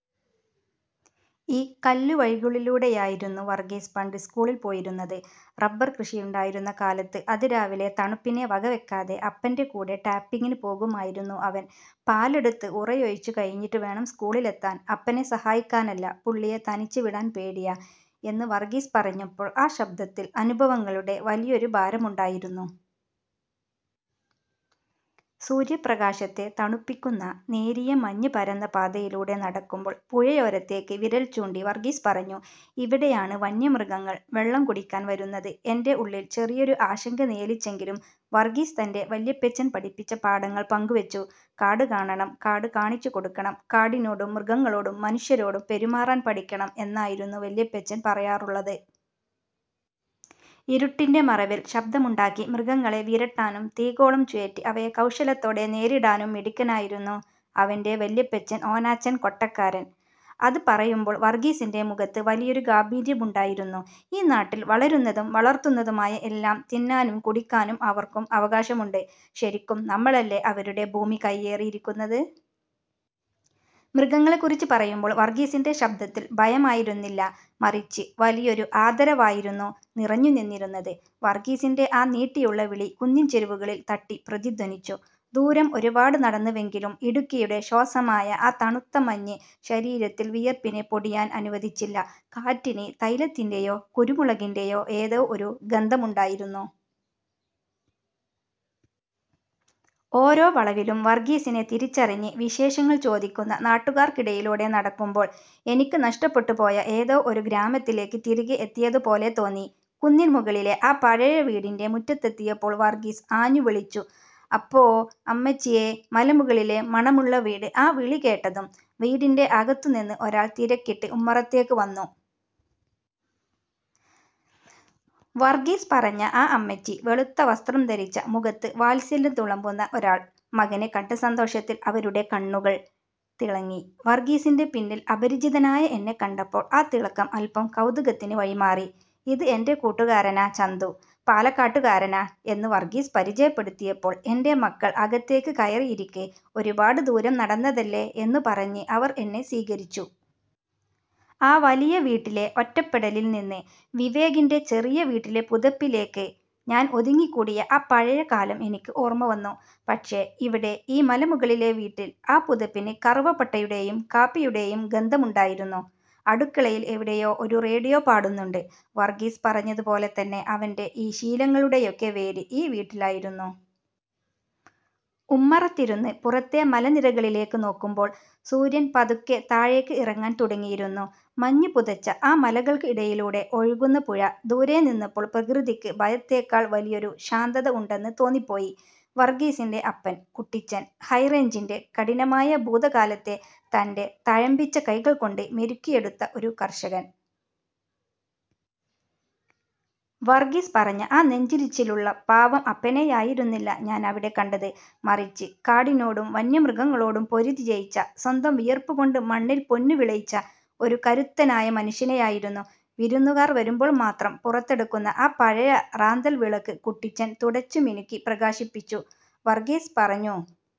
ഈ കല്ലുവഴികളിലൂടെയായിരുന്നു വർഗീസ് പണ്ട് സ്കൂളിൽ പോയിരുന്നത്. റബ്ബർ കൃഷിയുണ്ടായിരുന്ന കാലത്ത്, അതിരാവിലെ തണുപ്പിനെ വകവെക്കാതെ അപ്പന്റെ കൂടെ ടാപ്പിംഗിന് പോകുമായിരുന്നു അവൻ. പാലെടുത്ത് ഉറയൊഴിച്ചു കഴിഞ്ഞിട്ട് വേണം സ്കൂളിലെത്താൻ. "അപ്പനെ സഹായിക്കാനല്ല, പുള്ളിയെ തനിച്ച് വിടാൻ പേടിയാ... " എന്ന് വർഗീസ് പറഞ്ഞപ്പോൾ ആ ശബ്ദത്തിൽ അനുഭവങ്ങളുടെ വലിയൊരു ഭാരമുണ്ടായിരുന്നു. സൂര്യപ്രകാശത്തെ തണുപ്പിക്കുന്ന നേരിയ മഞ്ഞ് പരന്ന പാതയിലൂടെ നടക്കുമ്പോൾ പുഴയോരത്തേക്ക് വിരൽചൂണ്ടി വർഗീസ് പറഞ്ഞു: "ഇവിടെയാണ് വന്യമൃഗങ്ങൾ വെള്ളം കുടിക്കാൻ വരുന്നത്. "। എന്റെ ഉള്ളിൽ ചെറിയൊരു ആശങ്ക നിഴലിച്ചെങ്കിലും വർഗീസ് തന്റെ വല്യപ്പച്ചൻ പഠിപ്പിച്ച പാഠങ്ങൾ പങ്കുവെച്ചു. "കാട് കാണണം, കാട് കാണിച്ചുകൊടുക്കണം. കാടിനോടും മൃഗങ്ങളോടും മനുഷ്യരോടും പെരുമാറാൻ പഠിക്കണം എന്നായിരുന്നു വല്യപ്പച്ചൻ പറയാറുള്ളത്. " ഇരുട്ടിന്റെ മറവിൽ ശബ്ദമുണ്ടാക്കി മൃഗങ്ങളെ വിരട്ടാനും തീഗോളം ചുഴറ്റി അവയെ കൗശലത്തോടെ നേരിടാനും മിടുക്കനായിരുന്നു അവന്റെ വല്യപ്പച്ചൻ ഓനാച്ചൻ കൊട്ടക്കാരൻ. അത് പറയുമ്പോൾ വർഗീസിന്റെ മുഖത്ത് വലിയൊരു ഗാംഭീര്യമുണ്ടായിരുന്നു. "ഈ നാട്ടിൽ വളരുന്നതും വളർത്തുന്നതുമായ എല്ലാം തിന്നാനും കുടിക്കാനും അവർക്കും അവകാശമുണ്ട്. ശരിക്കും നമ്മളല്ലേ അവരുടെ ഭൂമി കയ്യേറി ഇരിക്കുന്നത്? " മൃഗങ്ങളെക്കുറിച്ച് പറയുമ്പോൾ വർഗീസിന്റെ ശബ്ദത്തിൽ ഭയമായിരുന്നില്ല, മറിച്ച് വലിയൊരു ആദരവായിരുന്നു നിറഞ്ഞുനിന്നിരുന്നത്. വർഗീസിന്റെ ആ നീട്ടിയുള്ള വിളി കുന്നിൻചെരുവുകളിൽ തട്ടി പ്രതിധ്വനിച്ചു. ദൂരം ഒരുപാട് നടന്നുവെങ്കിലും, ഇടുക്കിയുടെ ശ്വാസമായ ആ തണുത്ത മഞ്ഞ് ശരീരത്തിൽ വിയർപ്പിനെ പൊടിയാൻ അനുവദിച്ചില്ല. കാറ്റിന് തൈലത്തിന്റെയോ കുരുമുളകിന്റെയോ ഏതോ ഒരു ഗന്ധമുണ്ടായിരുന്നു. ഓരോ വളവിലും വർഗീസിനെ തിരിച്ചറിഞ്ഞ് വിശേഷങ്ങൾ ചോദിക്കുന്ന നാട്ടുകാർക്കിടയിലൂടെ നടക്കുമ്പോൾ, എനിക്ക് നഷ്ടപ്പെട്ടുപോയ ഏതോ ഒരു ഗ്രാമത്തിലേക്ക് തിരികെ എത്തിയതുപോലെ തോന്നി. കുന്നിൻ മുകളിലെ ആ പഴയ വീടിന്റെ മുറ്റത്തെത്തിയപ്പോൾ വർഗീസ് ആഞ്ഞുവിളിച്ചു: "അപ്പോ.... അമ്മച്ചിയേ....! " മലമുകളിലെ മണമുള്ള വീട് ആ വിളി കേട്ടതും വീടിന്റെ അകത്തുനിന്ന് ഒരാൾ തിരക്കിട്ട് ഉമ്മറത്തേക്ക് വന്നു. വർഗീസ് പറഞ്ഞ ആ അമ്മച്ചി! വെളുത്ത വസ്ത്രം ധരിച്ച, മുഖത്ത് വാത്സല്യം തുളുമ്പുന്ന ഒരാൾ. മകനെ കണ്ട സന്തോഷത്തിൽ അവരുടെ കണ്ണുകൾ തിളങ്ങി. വർഗീസിന്റെ പിന്നിൽ അപരിചിതനായ എന്നെ കണ്ടപ്പോൾ ആ തിളക്കം അല്പം കൗതുകത്തിന് വഴിമാറി. "ഇത് എന്റെ കൂട്ടുകാരനാ ചന്തു. പാലക്കാട്ടുകാരനാ... " എന്ന് വർഗീസ് പരിചയപ്പെടുത്തിയപ്പോൾ, "എന്റെ മക്കൾ അകത്തേക്ക് കയറി ഇരിക്ക്, ഒരുപാട് ദൂരം നടന്നതല്ലേ " എന്നുപറഞ്ഞ് അവർ എന്നെ സ്വീകരിച്ചു. ആ വലിയ വീട്ടിലെ ഒറ്റപ്പെടലിൽ നിന്ന് വിവേകിന്റെ ചെറിയ വീട്ടിലെ പുതപ്പിലേക്ക് ഞാൻ ഒതുങ്ങിക്കൂടിയ ആ പഴയ കാലം എനിക്ക് ഓർമ്മ വന്നു. പക്ഷേ ഇവിടെ, ഈ മലമുകളിലെ വീട്ടിൽ, ആ പുതപ്പിന് കറുവപ്പട്ടയുടെയും കാപ്പിയുടെയും ഗന്ധമുണ്ടായിരുന്നു. അടുക്കളയിൽ എവിടെയോ ഒരു റേഡിയോ പാടുന്നുണ്ട്. വർഗീസ് പറഞ്ഞതുപോലെ തന്നെ, അവന്റെ ഈ ശീലങ്ങളുടെയൊക്കെ വേര് ഈ വീട്ടിലായിരുന്നു. ഉമ്മറത്തിരുന്ന് പുറത്തെ മലനിരകളിലേക്ക് നോക്കുമ്പോൾ, സൂര്യൻ പതുക്കെ താഴേക്ക് ഇറങ്ങാൻ തുടങ്ങിയിരുന്നു. മഞ്ഞ് പുതച്ച ആ മലകൾക്ക് ഇടയിലൂടെ ഒഴുകുന്ന പുഴ ദൂരെ നിന്നപ്പോൾ പ്രകൃതിക്ക് ഭയത്തേക്കാൾ വലിയൊരു ശാന്തത ഉണ്ടെന്ന് തോന്നിപ്പോയി. വർഗീസിന്റെ അപ്പൻ, കുട്ടിച്ചൻ. ഹൈറേഞ്ചിന്റെ കഠിനമായ ഭൂതകാലത്തെ തന്റെ തഴമ്പിച്ച കൈകൾ കൊണ്ട് മെരുക്കിയെടുത്ത ഒരു കർഷകൻ. വർഗീസ് പറഞ്ഞ ആ 'നെഞ്ചിരിച്ചിലുള്ള' പാവം അപ്പനെയായിരുന്നില്ല ഞാൻ അവിടെ കണ്ടത്. മറിച്ച്, കാടിനോടും വന്യമൃഗങ്ങളോടും പൊരുതി ജയിച്ച, സ്വന്തം വിയർപ്പുകൊണ്ട് മണ്ണിൽ പൊന്നുവിളയിച്ച ഒരു കരുത്തനായ മനുഷ്യനെയായിരുന്നു. വിരുന്നുകാർ വരുമ്പോൾ മാത്രം പുറത്തെടുക്കുന്ന ആ പഴയ റാന്തൽ വിളക്ക് കുട്ടിച്ചൻ തുടച്ചു മിനുക്കി പ്രകാശിപ്പിച്ചു. വർഗീസ് പറഞ്ഞു